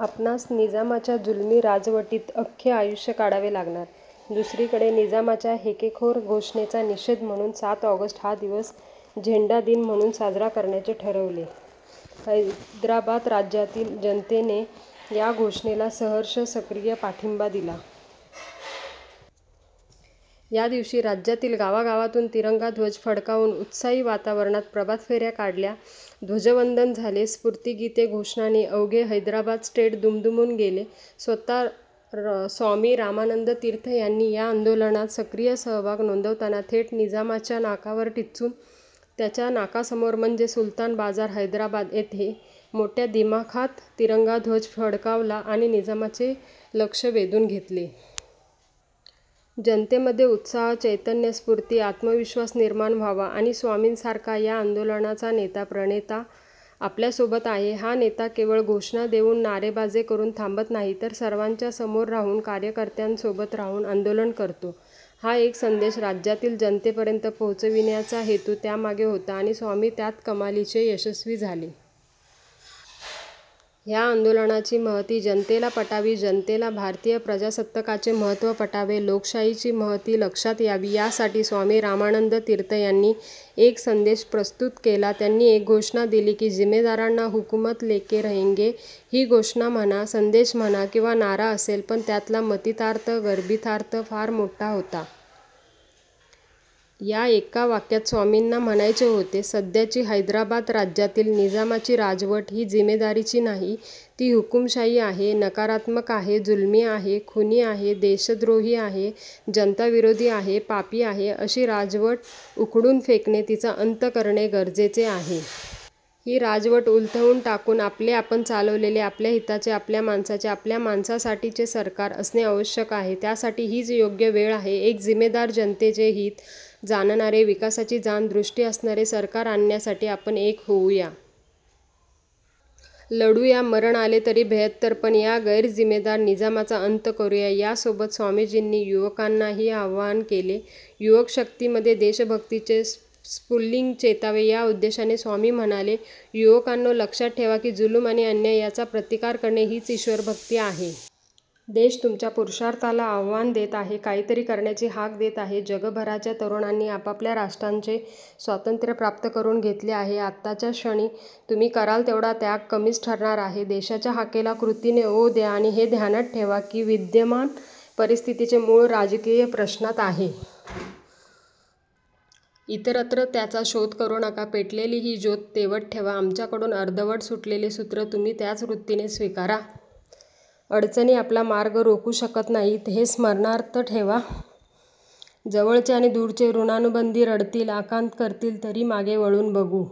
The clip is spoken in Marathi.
आपणास निजामाच्या जुलमी राजवटीत अख्खे आयुष्य काढावे लागणार! दुसरीकडे निजामाच्या हेकेखोर घोषणेचा निषेध म्हणून सात ऑगस्ट हा दिवस झेंडा दिन म्हणून साजरा करण्याचे ठरवले. हैदराबाद राज्यातील जनतेने या घोषणेला सहर्ष, सक्रिय पाठिंबा दिला. या दिवशी राज्यातील गावागावातून तिरंगा ध्वज फडकावून, उत्साही वातावरणात प्रभातफेर्या काढल्या. ध्वजवंदन झाले. स्फूर्तीगीते, घोषणांनी अवघे हैदराबाद स्टेट दुमदुमून गेले. स्वतः स्वामी रामानंद तीर्थ ह्यांनी या आंदोलनात सक्रिय सहभाग नोंदवताना थेट निजामाच्या नाकावर टिच्चून, त्याच्या नाकासमोर म्हणजे सुलतान बाजार, हैदराबाद येथे मोठ्या दिमाखात तिरंगा ध्वज फडकावला आणि निजामाचे लक्ष वेधून घेतले. जनतेमध्ये उत्साह, चैतन्य, स्फूर्ती, आत्मविश्वास निर्माण व्हावा आणि स्वामींसारखा या आंदोलनाचा नेता, प्रणेता आपल्या सोबत आहे, हा नेता केवळ घोषणा देऊन, नारेबाजी करून थांबत नाही, तर सर्वांच्या समोर राहून, कार्यकर्त्यांसोबत राहून आंदोलन करतो, हा एक संदेश राज्यातील जनतेपर्यंत पोहोचविण्याचा हेतू त्यामागे होता आणि स्वामी त्यात कमालीचे यशस्वी झाले. ह्या आंदोलनाची महती जनतेला पटावी, जनतेला भारतीय प्रजासत्ताकाचे महत्त्व पटावे, लोकशाहीची महती लक्षात यावी यासाठी स्वामी रामानंद तीर्थ यांनी एक संदेश प्रस्तुत केला. त्यांनी एक घोषणा दिली की, जिम्मेदाराना हुकुमत लेके रहेंगे! ही घोषणा म्हणा, संदेश म्हणा किंवा नारा असेल, पण त्यातला मतितार्थ, गर्भितार्थ फार मोठा होता. या एका वाक्यात स्वामींना म्हणायचे होते, सध्याची हैदराबाद राज्यातील निजामाची राजवट ही जिम्मेदारीची नाही. ती हुकुमशाही आहे, नकारात्मक आहे, जुलमी आहे, खुनी आहे, देशद्रोही आहे, जनताविरोधी आहे, पापी आहे. अशी राजवट उखडून फेकणे, तिचा अंत करणे गरजेचे आहे. ही राजवट उलथवून टाकून आपले, आपण चालवलेले, आपल्या हिताचे, आपल्या माणसांचे, आपल्या माणसांसाठीचे सरकार असणे आवश्यक आहे. त्यासाठी हीच योग्य वेळ आहे. एक जिम्मेदार जनतेचे हित जाणणारे, विकासाची जाण, दृष्टी असणारे सरकार आणण्यासाठी आपण एक होऊया. लढूया. मरण आले तरी बेहत्तर, पण या गैरजिम्मेदार निजामाचा अंत करूया. या सोबत स्वामीजींनी युवकांनाही आवाहन केले. युवकशक्तीमध्ये देशभक्तीचे स्पू स्फुल्लिंग चेतावे या उद्देशाने स्वामी म्हणाले, युवकांनो, लक्षात ठेवा की जुलूम आणि अन्याय यांचा प्रतिकार करणे हीच ईश्वरभक्ती आहे. देश तुमच्या पुरुषार्थाला आवाहन देत आहे. काही तरी करण्याची हाक देत आहे. जगभरच्या तरुणांनी आपापल्या राष्ट्रांचे स्वातंत्र्य प्राप्त करून घेतले आहे. आताच्या क्षणी तुम्ही कराल तेवढा त्याग कमीच ठरणार आहे. देशाच्या हाकेला कृतीने ओ द्या आणि हे ध्यानात ठेवा की, विद्यमान परिस्थितीचे मूळ राजकीय प्रश्नात आहे. इतरत्र त्याचा शोध करू नका. पेटलेली ही ज्योत तेवत ठेवा. आमच्याकडून अर्धवट सुटलेले सूत्र तुम्ही त्याच वृत्तीने स्वीकारा. अडचणी आपला मार्ग रोखू शकत नाहीत हे स्मरणार्थ ठेवा. जवळचे आणि दूरचे ऋणानुबंधी रडतील, आकांत करतील, तरी मागे वळून बघू